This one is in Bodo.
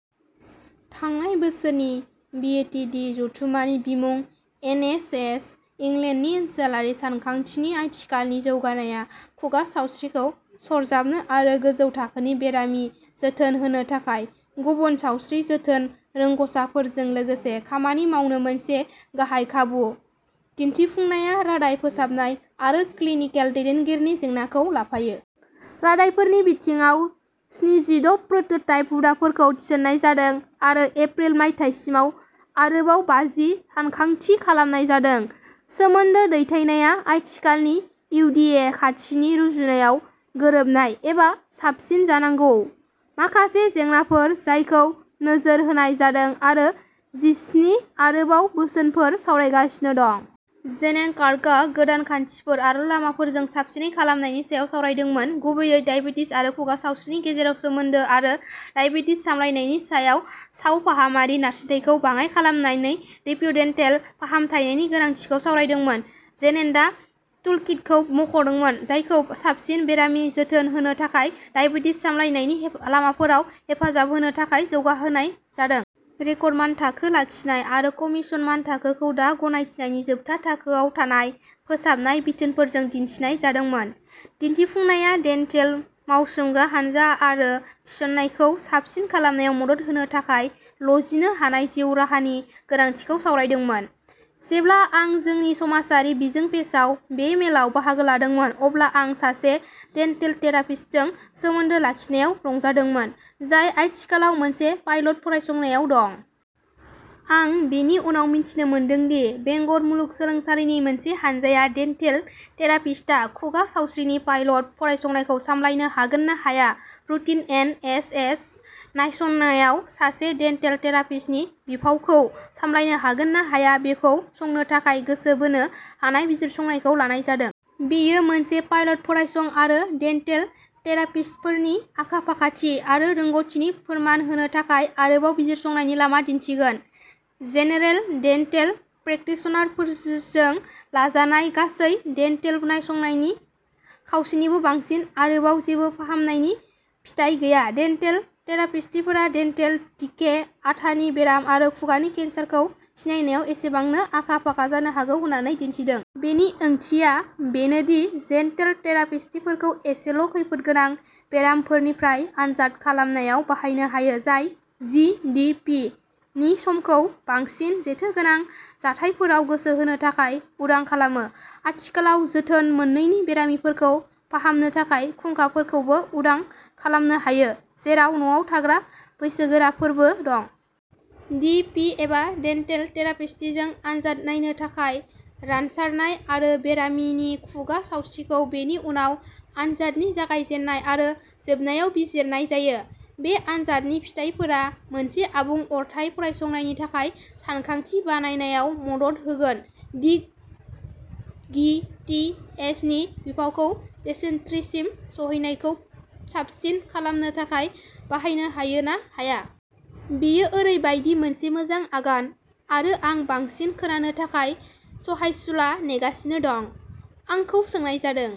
थांनाय बोसोरनि बिएडिटि जथुम्मानि बिमुं एनएचएस इंलेन्डनि सोलोआरि सानथांखिनि आथिखालनि जौगानायआ खुगा सावस्रिखौ सरजाबनो आरो गोजौ थाखोनि बेरामि जोथोन होनो थाखाय गुबुन सावस्रि जोथोन रोंग'साफोरजों लोगोसे खामानि मावनो मोनसे गाहाय खाबु। दिन्थिफुंनाया रादाय फोसाबनाय आरो क्लिनिकेल दैदेनगिरिनि जेंनाखौ लाफायो। रादायफोरनि बिथिङाव, स्निजिद' प्रोटोटाइप हुदाफोरखौ थिसननाय जादों आरो एप्रिल मायथाइसिमाव आरोबाव बाजि सानखांथि खालामनाय जादों। सोमोन्दो दैथायनाया आथिखालनि इउडिए खाथिनि रुजुनायाव गोरोबनाय एबा साबसिन जानांगौ माखासे जेंनाफोर, जायखौ नोजोर होनाय जादों, आरो जिस्नि आरोबाव बोसोनफोर सावरायगासिनो दं। जेनेन क्लार्कआ गोदान खान्थिफोर आरो लामाफोरजों साबसिनै खालामनायनि सायाव सावरायदोंमोन, गुबैयै दाइबेटिस आरो खुगा सावस्रिनि गेजेराव सोमोन्दो, आरो दाइबेटिस सामलायनायनि सायाव सावफाहामारि नारसिनथायखौ बाङाइ खालामनानै रिपिय'डेन्टेल फाहामथायनि गोनांथिखौ सावरायदोंमोन। जेनेन्टआ टुलकिटखौ मुंख'दोंमोन, जायखौ साबसिन बेरामि जोथोन होनो थाखाय दाइबेटिस सामलायनायनि लामाफोराव हेफाजाब होनो थाखाय जौगाहोनाय जादों। रेकर्ड मानथाखो लाखिनाय आरो कमीशन मानथाखोखौ दा गनायथिनायनि जोबथा थाखोआव थानाय फोसाबनाय बिथोनफोरजों दिन्थिनाय जादोंमोन। दिन्थिफुंनाया डेन्टेल मावसोमग्रा हानजा आरो थिसननायखौ साबसिन खालामनायाव मदद होनो थाखाय लचिनो हानाय जिउ राहानि गोनांथिखौ सावरायदोंमोन। जेब्ला आं जोंनि समाजारि बिजों पेजआव बे मेलाव बाहागो लादोंमोन, अब्ला आं सासे डेन्टेल थेरापिस्टजों सोमोन्दो लाखिनायाव रंजादोंमोन, जाय आथिखालाव मोनसे पाइलट फरायसंनायाव दं। आं बेनि उनाव मिन्थिनो मोनदों दि बेंगर मुलुगसोलोंसालिनि मोनसे हानजाया डेन्टेल थेरापिस्टआ खुगा सावस्रिनि पाइलट फरायसंखौ सामलायनो हागोन ना हाया, रुटिन एन एच एस नायसंनायाव सासे डेन्टेल थेरापिस्टनि बिफावखौ सामलायनो हागोन ना हाया, बेखौ संनो थाखाय गोसो बोनो हानाय बिजिरसंनायखौ लानाय जादों। बेयो मोनसे पाइलट फरायसं आरो डेन्टेल थेरापिस्टफोरनि आखा-फाखाथि आरो रोंग'थिनि फोरमान होनो थाखाय आरोबाव बिजिरसंनायनि लामा दिन्थिगोन। जेनेरेल डेन्टेल प्रेकटिशनारफोर जों लाजानाय गासै डेन्टेल नायसंनायनि खावसेनिबो बांसिन आरोबाव जेबो फाहामनायनि फिथाय गैया। डेन्टेल थेरापिस्टफोरा डेन्टेल डिके, आथानि बेराम आरो खुगानि केन्सारखौ सिनायनायाव एसेबांनो आखा-फाखा जानो हागौ होननानै दिन्थिदों। बेनि ओंथिया बेनो दि डेन्टेल थेरापिस्टफोरखौ एसेल' खैफोदगोनां बेरामिफोरनि आनजाद खालामनायाव बाहायनो हायो, जाय जि डि पि नि समखौ बांसिन जेथोगोनां जाथायफोराव गोसो होनो थाखाय उदां खालामो। आथिखालाव जोथोन मोनैनि बेरामिफोरखौ फाहामनो थाखाय फुंखाफोरखौबो उदां खालामनो हायो, जेराव न'आव थाग्रा बैसोगोराफोरबो दं। डि पि एबा डेन्टेल थेरापिस्टिजों आनजाद नायनो थाखाय रानसारनाय आरो बेरामिनि खुगा सावस्रिखौ बेनि उनाव आनजादनि जागायजेन्नाय आरो जोबनायाव बिजिरनाय जायो। बे आनजादनि फिथायफोरा मोनसे आबुं अरथाय फरायसंनायनि थाखाय सानखांथि बानायनायाव मदद होगोन दि गि थि एस नि बिफावखौ डिसेन्ट्रीसिम सौहैनायखौ साबसिन खालामनो थाखाय बाहायनो हायो ना हाया। बेयो ओरैबायदि मोनसे मोजां आगान आरो आं बांसिन खोनानो थाखाय सहायसुला नेगासिनो दं। आंखौ सोंनाय जादों।